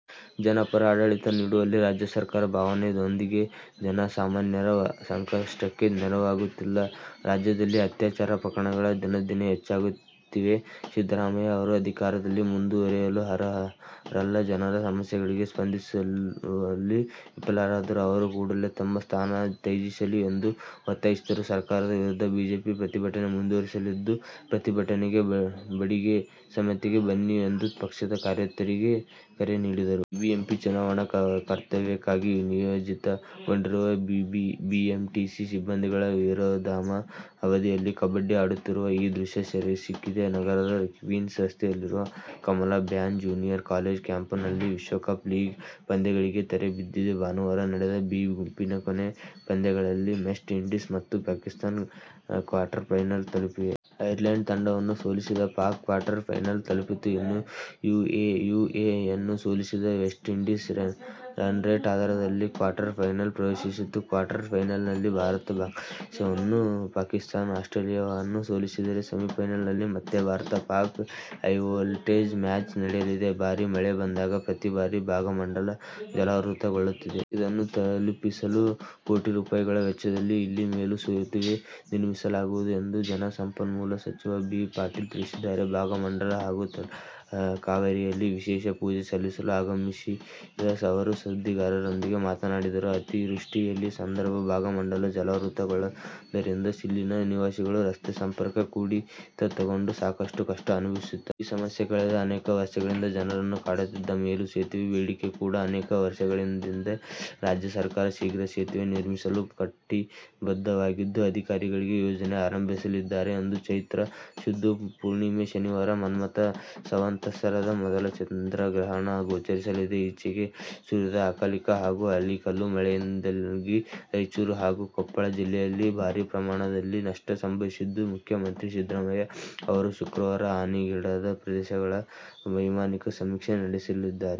ಜನಪರ ಆಡಳಿತ ನೀಡುವಲ್ಲಿ ರಾಜ್ಯ ಸರ್ಕಾರ ಭಾವನೆ ಹೊಂದಿದೆ. ಜನಸಾಮಾನ್ಯರ ಸಂಕಷ್ಟಕ್ಕೆ ನೆರವಾಗುತ್ತಿಲ್ಲ. ರಾಜ್ಯದಲ್ಲಿ ಅತ್ಯಾಚಾರ ಪ್ರಕರಣಗಳು ದಿನೇ ದಿನೆ ಹೆಚ್ಚಾಗುತ್ತಿವೆ. ಸಿದ್ದರಾಮಯ್ಯ ಅವರು ಅಧಿಕಾರದಲ್ಲಿ ಮುಂದುವರಿಯಲು ಅರ್ಹರಲ್ಲ. ಜನರ ಸಮಸ್ಯೆಗಳಿಗೆ ಸ್ಪಂದಿಸುವಲ್ಲಿ ವಿಫಲರಾದ ಅವರು ಕೂಡಲೇ ತಮ್ಮ ಸ್ಥಾನ ತ್ಯಜಿಸಲಿ ಎಂದು ಒತ್ತಾಯಿಸಿದರು. ಸರಕಾರದ ವಿರುದ್ಧ ಬಿಜೆಪಿ ಪ್ರತಿಭಟನೆ ಮುಂದುವರಿಸಲಿದ್ದು, ಪ್ರತಿಭಟನೆಗೆ ಬಡಿಗೆ ಸಮೇತ ಬನ್ನಿ ಎಂದು ಪಕ್ಷದ ಕಾರ್ಯಕರ್ತರಿಗೆ ಕರೆ ನೀಡಿದರು. ಬಿಬಿಎಂಪಿ ಚುನಾವಣಾ ಕರ್ತವ್ಯಕ್ಕಾಗಿ ನಿಯೋಜಿತಗೊಂಡಿರುವ ಬಿಎಂಟಿಸಿ ಸಿಬ್ಬಂದಿಗಳು ವಿರಾಮದ ಅವಧಿಯಲ್ಲಿ ಕಬಡ್ಡಿ ಆಡುತ್ತಿರುವ ಈ ದೃಶ್ಯ ಸೆರೆಸಿಕ್ಕಿದ್ದು ನಗರದ ಕ್ವೀನ್ಸ್ ರಸ್ತೆಯಲ್ಲಿರುವ Kamala Bai junior college campus ನಲ್ಲಿ. ವಿಶ್ವಕಪ್ ಲೀಗ್ ಪಂದ್ಯಗಳಿಗೆ ತೆರೆಬಿದ್ದಿದೆ. ಭಾನುವಾರ ನಡೆದ ಬಿ ಗುಂಪಿನ ಕೊನೆ ಪಂದ್ಯಗಳಲ್ಲಿ ವೆಸ್ಟ್ ಇಂಡೀಸ್ ಮತ್ತು ಪಾಕಿಸ್ತಾನ ಕ್ವಾರ್ಟರ್ಫೈನಲ್ ತಲುಪಿವೆ. ಐರ್ಲೆಂಡ್ ತಂಡವನ್ನು ಸೋಲಿಸಿದ ಪಾಕ್ ಕ್ವಾರ್ಟರ್ ಫೈನಲ್ ತಲುಪಿತು. ಇನ್ನು ಯುಎಇಯನ್ನು ಸೋಲಿಸಿದ ವೆಸ್ಟ್ಇಂಡೀಸ್ ರನ್ರೇಟ್ ಆಧಾರದಲ್ಲಿ ಕ್ವಾರ್ಟರ್ ಫೈನಲ್ ಪ್ರವೇಶಿಸಿತು. ಕ್ವಾರ್ಟರ್ ಫೈನಲ್ನಲ್ಲಿ ಭಾರತ ಬಾಂಗ್ಲಾದೇಶವನ್ನು, ಪಾಕಿಸ್ತಾನ ಆಸ್ಟ್ರೇಲಿಯಾವನ್ನು ಸೋಲಿಸಿದರೆ ಸೆಮಿಫೈನಲ್ನಲ್ಲಿ ಮತ್ತೆ ಭಾರತ-ಪಾಕ್ ಹೈವೋಲ್ಟೆಜ್ ಮ್ಯಾಚ್ ನಡೆಯಲಿದೆ. ಭಾರೀ ಮಳೆ ಬಂದಾಗ ಪ್ರತಿ ಬಾರಿ ಭಾಗಮಂಡಲ ಜಲಾವೃತಗೊಳ್ಳುತ್ತಿದೆ. ಇದನ್ನು ತಪ್ಪಿಸಲು ಕೋಟಿ ರೂ. ಗಳ ವೆಚ್ಚದಲ್ಲಿ ಇಲ್ಲಿ ಮೇಲು ಸೇತುವೆ ನಿರ್ಮಿಸಲಾಗುವುದು ಎಂದು ಜಲಸಂಪನ್ಮೂಲ ಸಚಿವ ಎಂ. ಬಿ. ಪಾಟೀಲ ತಿಳಿಸಿದ್ದಾರೆ. ಭಾಗಮಂಡಲ ಹಾಗೂ ತಲಕಾವೇರಿಯಲ್ಲಿ ವಿಶೇಷ ಪೂಜೆ ಸಲ್ಲಿಸಲು ಆಗಮಿಸಿದ ಅವರು ಸುದ್ದಿಗಾರರೊಂದಿಗೆ ಮಾತನಾಡಿದರು. ಅತಿವೃಷ್ಟಿಯ ಸಂದರ್ಭ ಭಾಗಮಂಡಲ ಜಲಾವೃತಗೊಳ್ಳುವುದರಿಂದ ಇಲ್ಲಿನ ನಿವಾಸಿಗಳು ರಸ್ತೆ ಸಂಪರ್ಕ ಕಡಿತಗೊಂಡು ಸಾಕಷ್ಟು ಕಷ್ಟ ಅನುಭವಿಸುತ್ತಾರೆ. ಈ ಸಮಸ್ಯೆ ಕಳೆದ ಅನೇಕ ವರ್ಷಗಳಿಂದ ಜನರನ್ನು ಕಾಡುತ್ತಿದ್ದು, ಮೇಲು ಸೇತುವೆಯ ಬೇಡಿಕೆ ಕೂಡ ಅನೇಕ ವರ್ಷಗಳಿಂದಿದೆ. ರಾಜ್ಯ ಸರಕಾರ ಶೀಘ್ರ ಸೇತುವೆ ನಿರ್ಮಿಸಲು ಕಟಿಬದ್ಧವಾಗಿದ್ದು, ಅಧಿಕಾರಿಗಳು ಯೋಜನೆ ಆರಂಭಿಸಲಿದ್ದಾರೆ ಎಂದರು. ಚೈತ್ರ ಶುದ್ಧ ಪೂರ್ಣಿಮೆ, ಶನಿವಾರ ಮನ್ಮಥ ಸಂವತ್ಸರದ ಮೊದಲ ಚಂದ್ರಗ್ರಹಣ ಗೋಚರಿಸಲಿದೆ. ಈಚೆಗೆ ಸುರಿದ ಅಕಾಲಿಕ ಹಾಗೂ ಆಲಿಕಲ್ಲು ಮಳೆಯಿಂದಾಗಿ ರಾಯಚೂರು ಹಾಗೂ ಕೊಪ್ಪಳ ಜಿಲ್ಲೆಯಲ್ಲಿ ಭಾರಿ ಪ್ರಮಾಣದಲ್ಲಿ ನಷ್ಟ ಸಂಭವಿಸಿದ್ದು, ಮುಖ್ಯಮಂತ್ರಿ ಸಿದ್ದರಾಮಯ್ಯ ಅವರು ಶುಕ್ರವಾರ ಹಾನಿಗೀಡಾದ ಪ್ರದೇಶಗಳ ವೈಮಾನಿಕ ಸಮೀಕ್ಷೆ ನಡೆಸಲಿದ್ದಾರೆ.